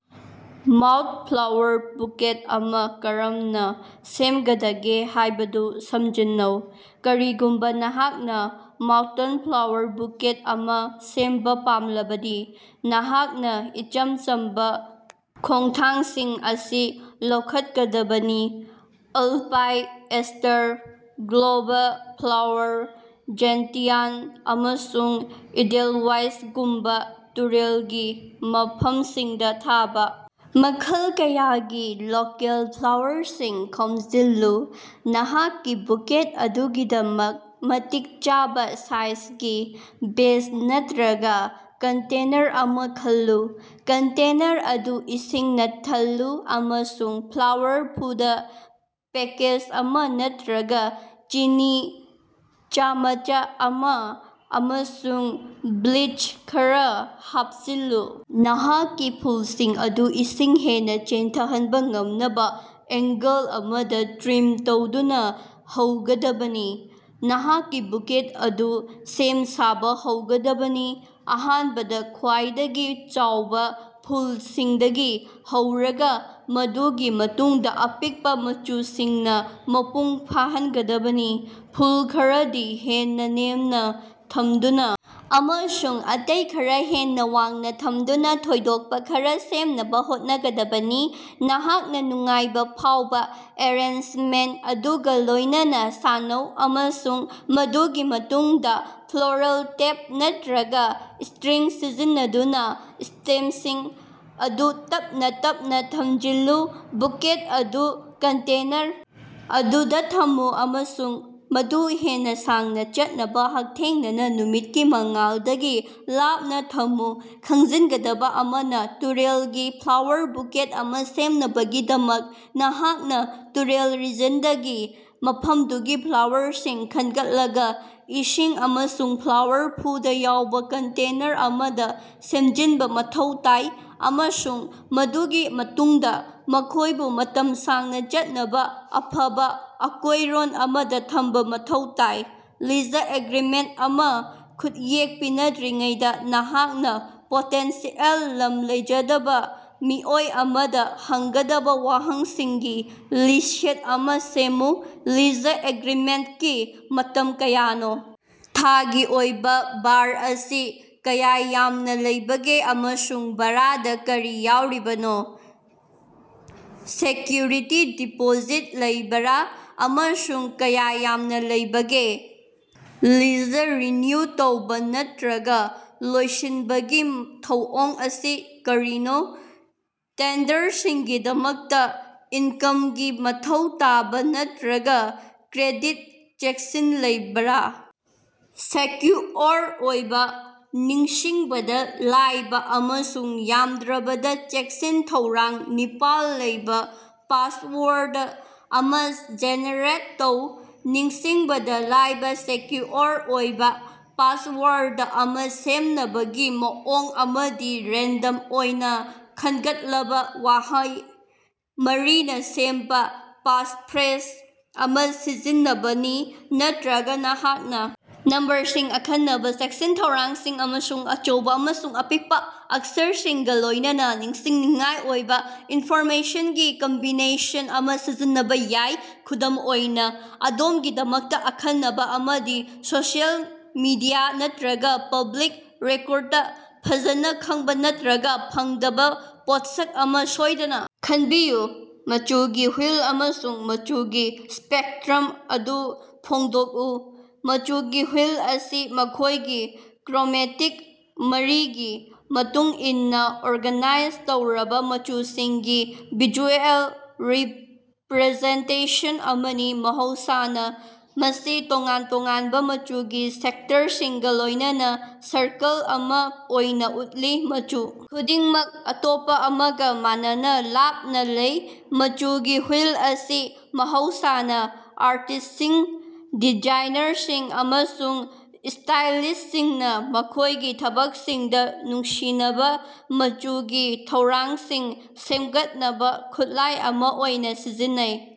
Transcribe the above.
Mount flower bucket ꯑꯃ ꯀꯔꯝꯅ ꯁꯦꯝꯒꯗꯒꯦ ꯍꯥꯏꯕꯗꯨ ꯁꯝꯖꯤꯟꯅꯧ꯫ ꯀꯔꯤꯒꯨꯝꯕ ꯅꯍꯥꯛꯅ ꯃꯥꯎꯟꯇꯟ ꯐ꯭ꯂꯥꯋꯔ ꯕꯨꯀꯦꯠ ꯑꯃ ꯁꯦꯝꯕ ꯄꯥꯝꯂꯕꯗꯤ, ꯅꯍꯥꯛꯅ ꯏꯆꯝ ꯆꯝꯕ ꯈꯣꯡꯊꯥꯡꯁꯤꯡ ꯑꯁꯤ ꯂꯧꯈꯠꯀꯗꯕꯅꯤ: alpine aster, globe flower, gentian, ꯑꯃꯁꯨꯡ ꯏꯗꯦꯜꯋꯦꯏꯁꯒꯨꯝꯕ ꯇꯨꯔꯦꯜ ꯒꯤ ꯃꯐꯝꯁꯤꯡꯗ ꯊꯥꯕ ꯃꯈꯜ ꯀꯌꯥꯒꯤ ꯂꯣꯀꯦꯜ ꯐ꯭ꯂꯥꯋꯔꯁꯤꯡ ꯈꯣꯝꯖꯤꯜꯂꯨ꯫ ꯅꯍꯥꯛꯀꯤ ꯕꯨꯀꯦꯠ ꯑꯗꯨꯒꯤꯗꯃꯛ ꯃꯇꯤꯛ ꯆꯥꯕ ꯁꯥꯏꯖꯒꯤ ꯚꯦꯖ ꯅꯠꯇ꯭ꯔꯒ ꯀꯟꯇꯦꯅꯔ ꯑꯃ ꯈꯜꯂꯨ꯫ ꯀꯟꯇꯦꯅꯔ ꯑꯗꯨ ꯏꯁꯤꯡꯅ ꯊꯜꯂꯨ ꯑꯃꯁꯨꯡ ꯐ꯭ꯂꯥꯋꯔ ꯐꯨꯗ ꯄꯦꯀꯦꯖ ꯑꯃ ꯅꯠꯇ꯭ꯔꯒ ꯆꯤꯅꯤ ꯆꯥꯃꯆ ꯑꯃ ꯑꯃꯁꯨꯡ ꯕ꯭ꯂꯤꯆ ꯈꯔ ꯍꯥꯞꯆꯤꯜꯂꯨ꯫ ꯅꯍꯥꯛꯀꯤ ꯐꯨꯜꯁꯤꯡ ꯑꯗꯨ ꯏꯁꯤꯡ ꯍꯦꯟꯅ ꯆꯦꯟꯊꯍꯟꯕ ꯉꯝꯅꯕ ꯑꯦꯡꯒꯜ ꯑꯃꯗ ꯇ꯭ꯔꯤꯝ ꯇꯧꯗꯨꯅ ꯍꯧꯒꯗꯕꯅꯤ꯫ ꯅꯍꯥꯛꯀꯤ ꯕꯨꯀꯦꯠ ꯑꯗꯨ ꯁꯦꯝ-ꯁꯥꯕ ꯍꯧꯒꯗꯕꯅꯤ, ꯑꯍꯥꯟꯕꯗ ꯈ꯭ꯋꯥꯏꯗꯒꯤ ꯆꯥꯎꯕ ꯐꯨꯜꯁꯤꯡꯗꯒꯤ ꯍꯧꯔꯒ, ꯃꯗꯨꯒꯤ ꯃꯇꯨꯡꯗ ꯑꯄꯤꯛꯄ ꯃꯆꯨꯁꯤꯡꯅ ꯃꯄꯨꯡ ꯐꯥꯍꯟꯒꯗꯕꯅꯤ꯫ ꯐꯨꯜ ꯈꯔꯗꯤ ꯍꯦꯟꯅ ꯅꯦꯝꯅ ꯊꯝꯗꯨꯅ ꯑꯃꯁꯨꯡ ꯑꯇꯩ ꯈꯔ ꯍꯦꯟꯅ ꯋꯥꯡꯅ ꯊꯝꯗꯨꯅ ꯊꯣꯏꯗꯣꯛꯄ ꯈꯔ ꯁꯦꯝꯅꯕ ꯍꯣꯠꯅꯒꯗꯕꯅꯤ꯫ ꯅꯍꯥꯛꯅ ꯅꯨꯡꯉꯥꯏꯕ ꯐꯥꯎꯕ ꯑꯦꯔꯦꯟꯖꯃꯦꯟꯠ ꯑꯗꯨꯒ ꯂꯣꯏꯅꯅ ꯁꯥꯟꯅꯧ, ꯑꯃꯁꯨꯡ ꯃꯗꯨꯒꯤ ꯃꯇꯨꯡꯗ ꯐ꯭ꯂꯣꯔꯜ ꯇꯦꯞ ꯅꯠꯇ꯭ꯔꯒ ꯁ꯭ꯇꯔꯤꯡ ꯁꯤꯖꯤꯟꯅꯗꯨꯅ ꯁ꯭ꯇꯦꯝꯁꯤꯡ ꯑꯗꯨ ꯇꯞꯅ ꯇꯞꯅ ꯊꯝꯖꯤꯜꯂꯨ꯫ ꯕꯨꯀꯦꯠ ꯑꯗꯨ ꯀꯟꯇꯦꯅꯔ ꯑꯗꯨꯗ ꯊꯝꯃꯨ ꯑꯃꯁꯨꯡ ꯃꯗꯨ ꯍꯦꯟꯅ ꯁꯥꯡꯅ ꯆꯠꯅꯕ ꯍꯛꯊꯦꯡꯅꯅ ꯅꯨꯃꯤꯠꯀꯤ ꯃꯉꯥꯜꯗꯒꯤ ꯂꯥꯞꯅ ꯊꯝꯃꯨ꯫ ꯈꯪꯖꯤꯟꯒꯗꯕ꫰ꯑꯃꯅ, ꯇꯨꯔꯦꯜꯒꯤ ꯐ꯭ꯂꯥꯋꯔ ꯕꯨꯀꯦꯠ ꯑꯃ ꯁꯦꯝꯅꯕꯒꯤꯗꯃꯛ, ꯅꯍꯥꯛꯅ ꯇꯨꯔꯦꯜ ꯔꯤꯖꯟꯗꯒꯤ ꯃꯐꯝꯗꯨꯒꯤ ꯐ꯭ꯂꯥꯋꯔꯁꯤꯡ ꯈꯟꯒꯠꯂꯒ ꯏꯁꯤꯡ ꯑꯃꯁꯨꯡ ꯐ꯭ꯂꯥꯋꯔ ꯐꯨꯗ ꯌꯥꯎꯕ ꯀꯟꯇꯦꯅꯔ ꯑꯃꯗ ꯁꯦꯝꯖꯤꯟꯕ ꯃꯊꯧ ꯇꯥꯏ, ꯑꯃꯁꯨꯡ ꯃꯗꯨꯒꯤ ꯃꯇꯨꯡꯗ ꯃꯈꯣꯏꯕꯨ ꯃꯇꯝ ꯁꯥꯡꯅ ꯆꯠꯅꯕ ꯑꯐꯕ ꯑꯀꯣꯏꯔꯣꯟ ꯑꯃꯗ ꯊꯝꯕ ꯃꯊꯧ ꯇꯥꯏ꯫ ꯂꯤꯖ ꯑꯦꯒ꯭ꯔꯤꯃꯦꯟꯠ ꯑꯃ ꯈꯨꯠꯌꯦꯛ ꯄꯤꯅꯗ꯭ꯔꯤꯉꯩꯗ ꯅꯍꯥꯛꯅ ꯄꯣꯇꯦꯟꯁꯤꯑꯦꯜ ꯂꯝ ꯂꯩꯖꯗꯕ ꯃꯤꯑꯣꯏ ꯑꯃꯗ ꯍꯪꯒꯗꯕ ꯋꯥꯍꯪꯁꯤꯡꯒꯤ ꯂꯤꯁ꯭ꯠ ꯑꯃ ꯁꯦꯝꯃꯨ꯫ ꯂꯤꯖ ꯑꯦꯒ꯭ꯔꯤꯃꯦꯟꯠꯀꯤ ꯃꯇꯝ ꯀꯌꯥꯅꯣ? ꯊꯥꯒꯤ ꯑꯣꯏꯕ ꯚꯥꯔ ꯑꯁꯤ ꯀꯌꯥ ꯌꯥꯝꯅ ꯂꯩꯕꯒꯦ ꯑꯃꯁꯨꯡ ꯚꯥꯔꯥꯗ ꯀꯔꯤ ꯌꯥꯎꯔꯤꯕꯒꯦ? ꯁꯦꯀ꯭ꯌꯨꯔꯤꯇꯤ ꯗꯤꯄꯣꯖꯤꯠ ꯂꯩꯕꯔꯥ ꯑꯃꯁꯨꯡ ꯀꯌꯥ ꯌꯥꯝꯅ ꯂꯩꯕꯒꯦ? ꯂꯤꯖ ꯔꯤꯅ꯭ꯌꯨ ꯇꯧꯕ ꯅꯠꯇ꯭ꯔꯒ ꯂꯣꯏꯁꯤꯟꯕꯒꯤ ꯊꯧꯑꯣꯡ ꯑꯁꯤ ꯀꯔꯤꯅꯣ? ꯇꯦꯟꯗꯔꯁꯤꯡꯒꯤꯗꯃꯛꯇ ꯏꯟꯀꯝꯒꯤ ꯃꯊꯧ ꯇꯥꯕ ꯅꯠꯇ꯭ꯔꯒ ꯀ꯭ꯔꯦꯗꯤꯠ ꯆꯦꯛꯁꯤꯡ ꯂꯩꯕꯔꯥ? ꯁꯦꯀ꯭ꯌꯨꯑꯣꯔ ꯑꯣꯏꯕ, ꯅꯤꯡꯁꯤꯡꯕꯗ ꯂꯥꯏꯕ ꯑꯃꯁꯨꯡ ꯌꯥꯝꯗ꯭ꯔꯕꯗ ꯆꯦꯛꯁꯤꯟ-ꯊꯧꯔꯥꯡ ꯅꯤꯄꯥꯜ ꯂꯩꯕ ꯄꯥꯁꯋꯔꯗ ꯑꯃ ꯖꯦꯅꯦꯔꯦꯠ ꯇꯧ꯫ ꯅꯤꯡꯁꯤꯡꯕꯗ ꯂꯥꯏꯕ ꯁꯦꯀ꯭ꯌꯨꯑꯣꯔ ꯑꯣꯏꯕ ꯄꯥꯁꯋꯔꯗ ꯑꯃ ꯁꯦꯝꯅꯕꯒꯤ ꯃꯑꯣꯡ ꯑꯃꯗꯤ ꯔꯦꯟꯗꯝ ꯑꯣꯏꯅ ꯈꯟꯒꯠꯂꯕ ꯋꯥꯍꯩ ꯃꯔꯤꯅ ꯁꯦꯝꯕ ꯄꯥꯁꯐ꯭ꯔꯦꯖ ꯑꯃ ꯁꯤꯖꯤꯟꯅꯕꯅꯤ꯫ ꯅꯠꯇ꯭ꯔꯒ, ꯅꯍꯥꯛꯅ ꯅꯝꯕꯔꯁꯤꯡ, ꯑꯈꯟꯅꯕ ꯆꯦꯛꯁꯤꯟ-ꯊꯧꯔꯥꯡꯁꯤꯡ, ꯑꯃꯁꯨꯡ ꯑꯆꯧꯕ ꯑꯃꯁꯨꯡ ꯑꯄꯤꯛꯄ ꯑꯛꯁꯔꯁꯤꯡꯒ ꯂꯣꯏꯅꯅ ꯅꯤꯡꯁꯤꯡꯅꯤꯡꯉꯥꯏ ꯑꯣꯏꯕ ꯏꯟꯐꯣꯔꯃꯦꯁꯟꯒꯤ ꯀꯝꯕꯤꯅꯦꯁꯟ ꯑꯃ ꯁꯤꯖꯤꯟꯅꯕ ꯌꯥꯏ꯫ ꯈꯨꯗꯝ ꯑꯣꯏꯅ, ꯑꯗꯣꯝꯒꯤꯗꯃꯛꯇ ꯑꯈꯟꯅꯕ ꯑꯃꯗꯤ ꯁꯣꯁꯤꯌꯦꯜ ꯃꯤꯗꯤꯌꯥ ꯅꯠꯇ꯭ꯔꯒ ꯄꯕ꯭ꯂꯤꯛ ꯔꯦꯀꯣꯔꯗꯇ ꯐꯖꯅ ꯈꯪꯕ ꯅꯠꯇ꯭ꯔꯒ ꯐꯪꯗꯕ ꯄꯣꯠꯁꯛ ꯑꯃ ꯁꯣꯏꯗꯅ ꯈꯟꯕꯤꯌꯨ꯫ ꯃꯆꯨꯒꯤ ꯍꯨꯏꯜ ꯑꯃꯁꯨꯡ ꯃꯆꯨꯒꯤ ꯁ꯭ꯄꯦꯛꯇ꯭ꯔꯝ ꯑꯗꯨ ꯐꯣꯡꯗꯣꯛꯎ꯫ ꯃꯆꯨꯒꯤ ꯍꯨꯏꯜ ꯑꯁꯤ ꯃꯈꯣꯏꯒꯤ ꯀ꯭ꯔꯣꯃꯦꯇꯤꯛ ꯃꯔꯤꯒꯤ ꯃꯇꯨꯡ ꯏꯟꯅ ꯑꯣꯔꯒꯅꯥꯏꯖ ꯇꯧꯔꯕ ꯃꯆꯨꯁꯤꯡꯒꯤ ꯚꯤꯖꯨꯑꯦꯜ ꯔꯤꯄ꯭ꯔꯖꯦꯟꯇꯦꯁꯟ ꯑꯃꯅꯤ꯫ ꯃꯍꯧꯁꯥꯅ ꯃꯁꯤ ꯇꯣꯉꯥꯟ-ꯇꯣꯉꯥꯟꯕ ꯃꯆꯨꯒꯤ ꯁꯦꯛꯇꯔꯁꯤꯡꯒ ꯂꯣꯏꯅꯅ ꯁꯔꯀꯜ ꯑꯃ ꯑꯣꯏꯅ ꯎꯠꯂꯤ, ꯃꯆꯨ ꯈꯨꯗꯤꯡꯃꯛ ꯑꯇꯣꯞꯄ ꯑꯃꯒ ꯃꯥꯟꯅꯅ ꯂꯥꯞꯅ ꯂꯩ꯫ ꯃꯆꯨꯒꯤ ꯍꯨꯏꯜ ꯑꯁꯤ ꯃꯍꯧꯁꯥꯅ ꯑꯥꯔꯇꯤꯁꯁꯤꯡ, ꯗꯤꯖꯥꯏꯅꯔꯁꯤꯡ ꯑꯃꯁꯨꯡ ꯁ꯭ꯇꯥꯏꯂꯤꯁꯁꯤꯡꯅ ꯃꯈꯣꯏꯒꯤ ꯊꯕꯛꯁꯤꯡꯗ ꯅꯨꯡꯁꯤꯅꯕ ꯃꯆꯨꯒꯤ ꯊꯧꯔꯥꯡꯁꯤꯡ ꯁꯦꯝꯒꯠꯅꯕ ꯈꯨꯠꯂꯥꯏ ꯑꯃ ꯑꯣꯏꯅ ꯁꯤꯖꯤꯟꯅꯩ꯫